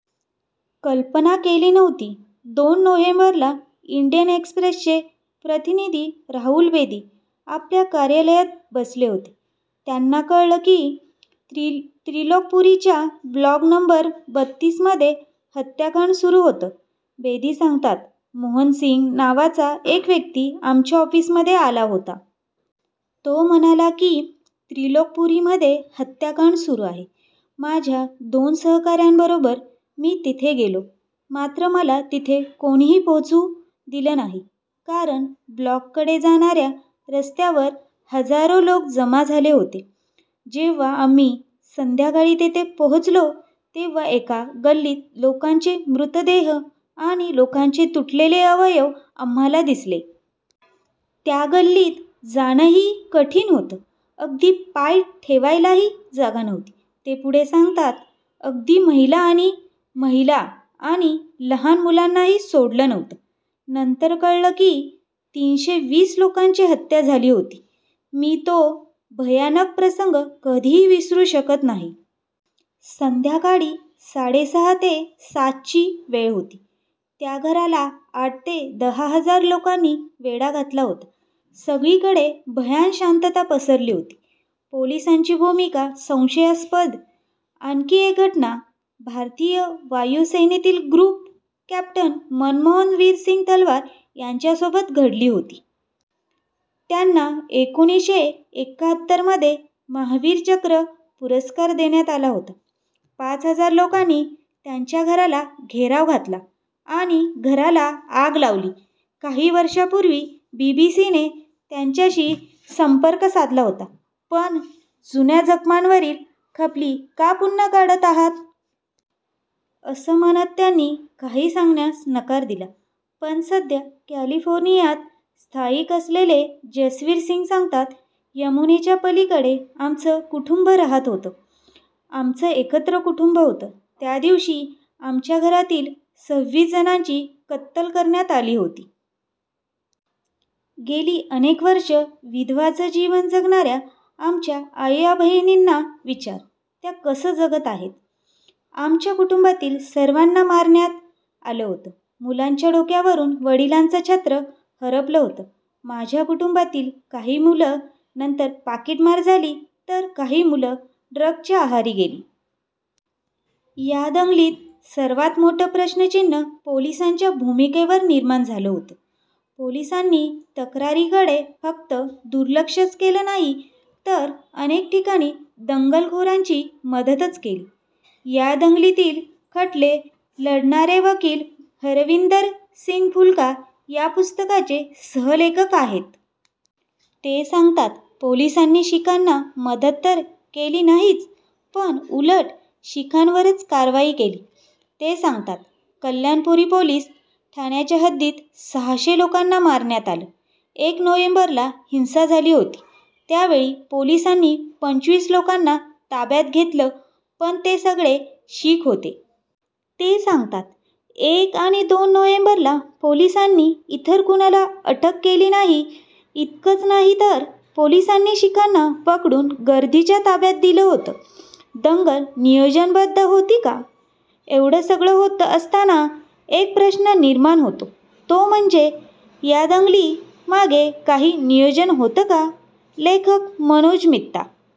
कल्पना केली नव्हती. दोन नोव्हेंबरला इंडियन एक्सप्रेसचे प्रतिनिधी राहुल बेदी आपल्या कार्यालयात बसले होते. त्यांना कळलं की त्रिलोकपुरीच्या ब्लॉक नंबर बत्तीसमध्ये हत्याकांड सुरू होतं. बेदी सांगतात, मोहन सिंग नावाचा एक व्यक्ती आमच्या ऑफिसमध्ये आला होता. तो म्हणाला की त्रिलोकपुरीमध्ये हत्याकांड सुरू आहे. माझ्या दोन सहकाऱ्यांबरोबर मी तिथे गेलो. मात्र मला तिथे कोणीही पोहोचू दिलं नाही. कारण ब्लॉककडे जाणाऱ्या रस्त्यावर हजारो लोक जमा झाले होते. जेव्हा आम्ही संध्याकाळी तिथे पोहोचलो तेव्हा एका गल्लीत लोकांचे मृतदेह आणि लोकांचे तुटलेले अवयव आम्हाला दिसलं. त्या गल्लीत जाणंही कठीण होतं. अगदी पाय ठेवायलाही जागा नव्हती. ते पुढे सांगतात, अगदी महिला आणि महिला आणि लहान मुलांनाही सोडलं नव्हतं. नंतर कळलं की तीनशे वीस लोकांची हत्या झाली होती. मी तो भयानक प्रसंग कधीही विसरू शकत नाही. संध्याकाळी साडेसहा ते सातची वेळ होती. त्या घराला आठ ते दहा हजार लोकांनी वेढा घातला होता. सगळीकडे भयान शांतता पसरली होती. पोलिसांची भूमिका संशयास्पद आणखी एक घटना भारतीय वायुसेनेतील ग्रुप कॅप्टन मनमोहन वीरसिंग तलवार यांच्यासोबत घडली होती. त्यांना एकोणीसशे एकाहत्तरमध्ये महावीर चक्र पुरस्कार देण्यात आला होता. पाच हजार लोकांनी त्यांच्या घराला घेराव घातला आणि घराला आग लावली. काही वर्षांपूर्वी बीबीसीने त्यांच्याशी संपर्क साधला होता. पण जुन्या जखमांवरील खपली का पुन्हा काढत आहात? असं म्हणत त्यांनी काही सांगण्यास नकार दिला. पण सध्या कॅलिफोर्नियात स्थायिक असलेले जसवीर सिंग सांगतात, यमुनेच्या पलीकडे आमचं कुटुंब राहात होतं. आमचं एकत्र कुटुंब होतं. त्या दिवशी आमच्या घरातील सव्वीस जणांची कत्तल करण्यात आली होती. गेली अनेक वर्षं विधवांचं जीवन जगणाऱ्या आमच्या आयाबहिणींना विचार त्या कसं जगत आहेत? आमच्या कुटुंबातील सर्वांना मारण्यात आलं होतं. मुलांच्या डोक्यावरून वडिलांचं छत्र हरपलं होतं. माझ्या कुटुंबातील काही मुलं नंतर पाकीटमार झाली तर काही मुलं ड्रग्जच्या आहारी गेली. या दंगलीत सर्वांत मोठं प्रश्नचिन्ह पोलिसांच्या भूमिकेवर निर्माण झालं होतं. पोलिसांनी तक्रारींकडे फक्त दुलर्क्षचं केलं नाही तर अनेक ठिकाणी दंगलखोरांची मदतच केली. या दंगलीतील खटले लढणारे वकील हरविंदर सिंग फुल्का या पुस्तकाचे सहलेखक आहेत. ते सांगतात, पोलिसांनी शिखांना मदत तर केली नाहीच पण उलट शिखांवरच कारवाई केली. ते सांगतात, कल्याणपुरी पोलीस ठाण्याच्या हद्दीत सहाशे लोकांना मारण्यात आलं. एक नोव्हेंबरला हिंसा झाली होती. त्यावेळी पोलिसांनी पंचवीस लोकांना ताब्यात घेतलं पण ते सगळे शीख होते. ते सांगतात, एक आणि दोन नोव्हेंबरला पोलिसांनी इतर कुणाला अटक केली नाही. इतकंच नाही तर पोलिसांनी शिखांना पकडून गर्दीच्या ताब्यात दिलं होतं. दंगल नियोजनबद्ध होती का? एवढं सगळं होत असताना एक प्रश्न निर्माण होतो तो म्हणजे या दंगली मागे काही नियोजन होतं का? लेखक मनोज मित्ता